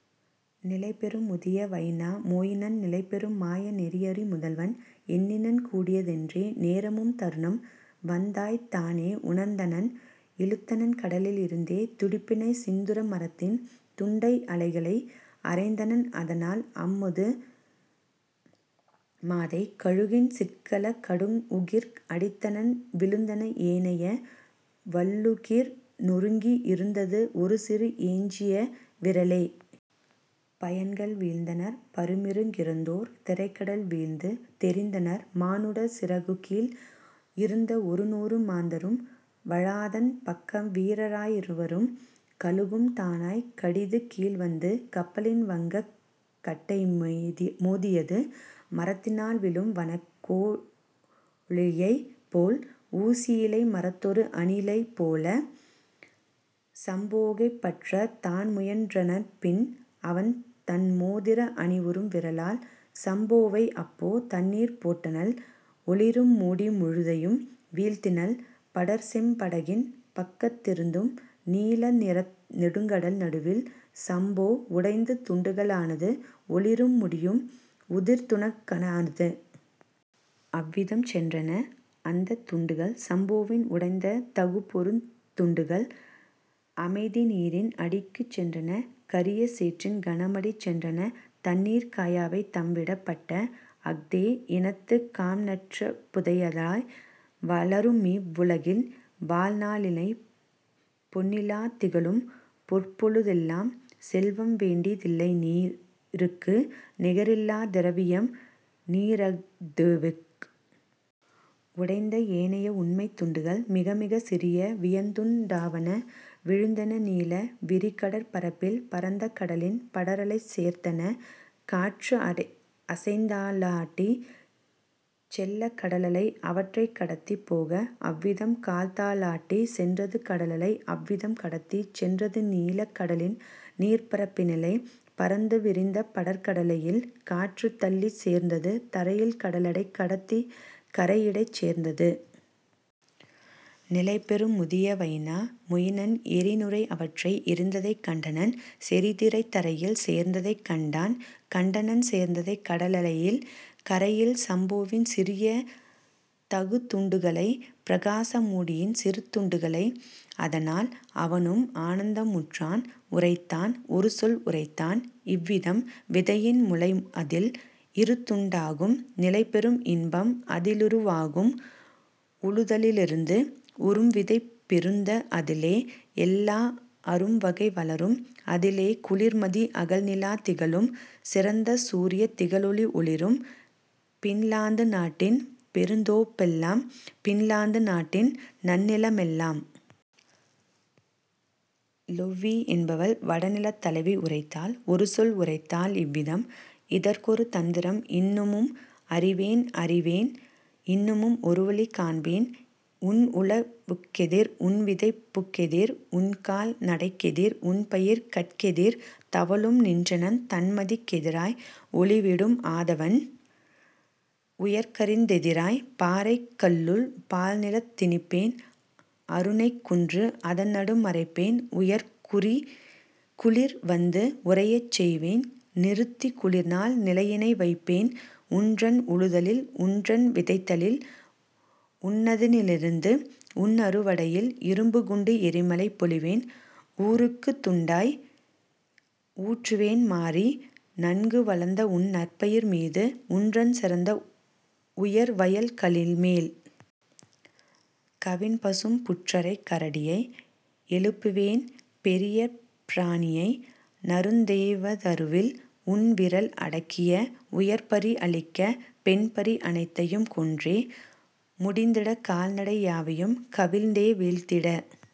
" நிலைபெறும் முதிய வைனா மொயினன் நிலைபெறும் மாய நெறியறி முதல்வன்। எண்ணினன் கூடிய தென்றே நேரமும் தருணம் வந்ததாய்த் தானே உணர்ந்தனன்; இழுத்தனன் கடலில் இருந்தே துடுப்பினை சிந்துர மரத்தின் துண்டை அலைகளில் அறைந்தனன் அதனால் அம்முது மாதை கழுகின் சிற்சில கடும்உகிர் அடித்தனன் விழுந்தன ஏனைய வள்ளுகிர் நொருங்கி இருந்தது ஒருசிறு எஞ்சிய விரலே. பையன்கள் வீழ்ந்தனர் பருமிற கிருந்தோர் திரைகடல் வீழ்ந்து தெறித்தனர் மானுடர் சிறகுகீழ் இருந்த ஒருநூறு மாந்தரும் வாலதன் பக்க வீரரா யிரவரும் கழுகும் தானாய்க் கடிதுகீழ் வந்தது கப்பலின் வங்கக் கட்டைமோ தியது மரத்தினால் வீழும் வனக்கோ ழியைப்போல் ஊசி யிலைமரத் தொருஅணி லைப்போல். சம்போகைப் பற்றத் தான்முயன் றனள்பின் அவள் தன்மோதிர அணியுறும் விரலால் சம்போவை அப்போ தண்ணீர்ப் போட்டனள் ஒளிரும் மூடி முழுதையும் வீழ்த்தினள் படர்செம் படகின் பக்கத் திருந்து நீல நிறத்து நெடுங்கடல் நடுவில் சம்போ உடைந்து துண்டுக ளானது ஒளிரும் மூடியும் உதிர்துணுக் கானது. அவ்விதம் சென்றன அந்தத் துண்டுகள் சம்போவின் உடைந்த தகுபெருந் துண்டுகள் அமைதி நீரின் அடிக்குச் சென்றன கரிய சேற்றின் கனமடி சென்றன. தண்ணீர்க் காயவை தாம்விடப் பட்டன அஹ்தே இனத்துக் காம்நற் புதையலாய்; வளருமிவ் வுலகின் வாழ்நா ளிலிலை பொன்னிலாத் திகழும் பொற்பொழு தெல்லாம் செல்வம் வேண்டிய தில்லைநீ ருக்கு நிகரிலாத் திரவியம் நீரஹ் தோவுக். உடைந்த ஏனைய உண்மைத் துண்டுகள் மிகமிகச் சிறிய வியன்துண் டாவன விழுந்தன நீல விரிகடற் பரப்பில் பரந்த கடலின் படரலைச் சேர்ந்தன காற்று அசைன்தா லாட்டிச் செல்ல கடலலை அவற்றைக் கடத்திப் போக. அவ்விதம் கால்தா லாட்டிச் சென்றது கடலலை அவ்விதம் கடத்திச் சென்றது நீலக் கடலின் நீர்ப்பரப் பினிலே பரந்து விரிந்த படர்கட லலையில் காற்றுத் தள்ளிச் சேர்த்தது தரையில் கடலலை கடத்திக் கரையிடைச் சேர்த்தது. நிலைபெறும் முதிய வைனா மொயினன் எறிநுரை அவற்றை எறிந்ததைக் கண்டான் செறிதிரை தரையில் சேர்த்ததைக் கண்டான் கண்டனன் சேர்த்ததைக் கடலலை கரையில் சம்போவின் சிறிய தகுதுண் டுகளை பிரகாச மூடியின் சிறுதுண் டுகளை. அதனால் அவனும் ஆனந்த முற்றான் உரைத்தான் ஒருசொல் உரைத்தான் இவ்விதம்: "விதையின் முளைஅதில் இருந்துண் டாகும் நிலைபெறும் இன்பம் அதிலுரு வாகும் உழுதலி லிருந்து உறும்விதைப் பிருந்து அதிலே எல்லா அரும்வகை வளரும் அதிலே குளிர்மதி அகல்நிலாத் திகழும் சிறந்த சூரியத் திகழொளி ஒளிரும் பின்லாந்து நாட்டின் பெருந்தோப் பெல்லாம் பின்லாந்து நாட்டின் நன்னில மெல்லாம். " லொவ்ஹி என்பவள் வடநிலத் தலைவி உரைத்தாள் ஒருசொல் உரைத்தாள் இவ்விதம்: "இதற்கொரு தந்திரம் இன்னமும் அறிவேன் அறிவேன் இன்னமும் ஒருவழி காண்பேன் உன்உழ வுக்கெதிர் உன்விதைப் புக்கெதிர் உன்கால் நடைக்கெதிர் உன்பயிர் கட்கெதிர் தவழும் நின்றன் தண்மதிக் கெதிராய் ஒளிவிடும் ஆதவன் உயர்கதிர்க் கெதிராய் பாறைக் கல்லுள் பால்நிலாத் திணிப்பேன் அருணனைக் குன்று அதன்நடு மறைப்பேன் உயர்குளிர் வந்து உறையச் செய்வேன் நிறுத்திக் குளிர்நாள் நிலையினை வைப்பேன் உன்றன் உழுதலில் உன்றன் விதைத்தலில் உன்தா னியத்தில் உன்அறு வடையில் இரும்புக் குண்டு எறிமழை பொழிவேன் உருக்குத் துண்டாய் ஊற்றுவேன் மாரி நன்கு வளர்ந்தஉன் நற்பயிர் மீது உன்றன் சிறந்த உயர்வயல் களின்மேல். கவின்பசும் புற்றரைக் கரடியை எழுப்புவேன் பெரியபற் பிராணியை நறுந்தேவ தருவில் உன்விறல் அடக்கிய உயர்பரி அழிக்க பெண்பரி அனைத்தையும் கொன்றே முடிந்திட கால்நடை யாவையும் கவிழ்த்தே வீழ்த்திட